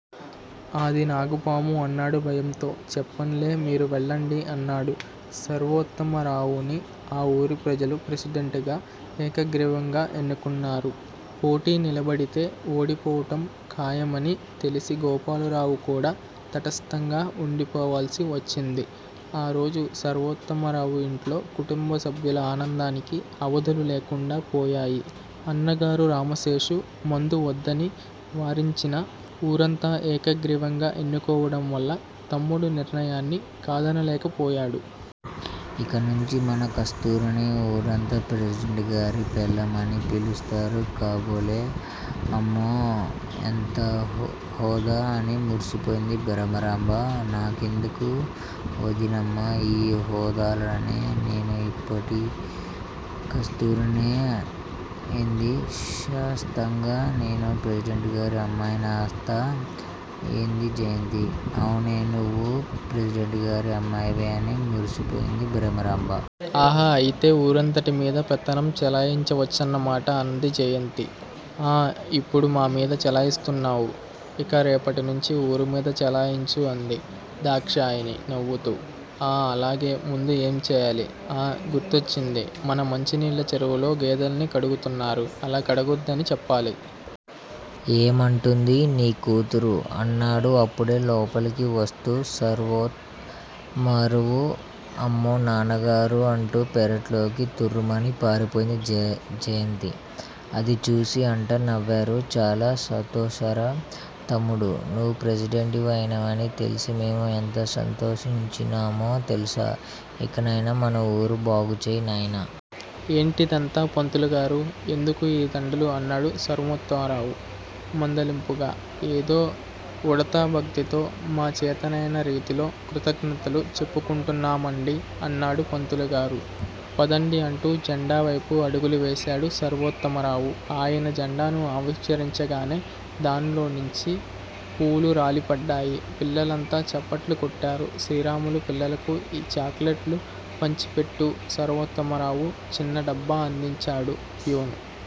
అది నాగుపాము అన్నాడు భయంతో. చెప్పన్లే! మీరు వెళ్ళండి అన్నాడు. సర్వోత్తమరావుని ఆ వూరి ప్రజలు ప్రెసిడెంటుగా ఏకగ్రీవంగా ఎన్నుకున్నారు. పోటికి నిలబడితే ఓడిపోవటం ఖాయమని తెలిసి గోపాలరావు కూడా తటస్థంగా వుండిపోవాల్సి వచ్చింది. ఆరోజు సర్వోత్తమరావు ఇంట్లో కుటుంబసభ్యుల ఆనందానికి అవధులులేకుండా పోయాయి. అన్నగారు రామశేషు ముందు వద్దని వారించినా ఊరంతా ఏకగ్రీవంగా ఎన్నుకోవడం వల్ల తమ్ముడి నిర్ణయాన్ని కాదనలేకపోయాడు. ఇక నుంచి మన కస్తూరిని ఊరంతా ప్రెసిడెంటుగారి పెళ్ళాం అని పిలుస్తారు కాబోలు! అమ్మో ఎంత హోదా! అని మురిసిపోయింది భ్రమరాంబ. నాకెందుకు వదినమ్మా ఈ హోదాలన్నీ నేను ఎప్పటి కస్తురినే అంది శాంతంగా. నేను ప్రెసిడెంటుగారి అమ్మాయినా అత్తా?! అంది జయంతి. అవునే నువ్వు ప్రెసిడెంటుగారి అమ్మాయివే అని మురిసిపోయింది భ్రమరాంబ. ఆహా! అయితే ఊరంతటిమీద పెత్తనం చెలాయించవచ్చునమాట అంది జయంతి. ఆ ఇప్పుడు మామీద చెలాయిస్తున్నావు. ఇక రేపటినుంచి ఊరుమీద చెలాయించు అంది దాక్షాయణి నవ్వుతూ. ఆ అలాగే, ముందు ఏం చేయాలి? ఆ! గుర్తొచ్చింది. మన మంచినీళ్ళ చెరువులో గేదెల్ని కడుగుతున్నారు. అలా కడగొద్దు అని చెప్పాలి. ఏమంటుంది నీ కూతురు? అన్నాడు అప్పుడే లోపలికి వస్తూ సర్వోత్తమరావు. అమ్మో! నాన్నగారు అంటూ పెరట్లోకి తుర్రుమని పారిపోయింది జయంతి. అది చూసి అంతా నవ్వారు. చాలా సంతోషంరా తమ్ముడూ. నువ్వు ప్రెసిడెంటువి అయ్యావని తెలిసి మేము ఎంత సంతోషిస్తున్నామో తెలుసా? ఇకనైనా మన ఊరు బాగుచేయి నాయనా. ఏంటిదంతా పంతులుగారు ఎందుకు ఈ దండలు? అన్నాడు సర్వోత్తమరావు మందలింపుగా. ఏదో ఉడతాభక్తితో మా చేతనైన రీతిలో కృతజ్ఞతలు చెప్పుకుంటున్నామండి అన్నాడు పంతులుగారు. పదండి అంటూ జెండావేపు అడుగులు వేశాడు సర్వోత్తమరావు. అయన జెండాను ఆవిష్కరించగానే దాన్లోనుంచి పూలురాలిపడ్డాయి. పిల్లలంతా చప్పట్లు కొట్టారు. శ్రీరాములు! పిల్లలకు ఈ చాక్లెట్లు పంచిపెట్టు సర్వోత్తమరావు చిన్న డబ్బా అందించాడు. ఫ్యూను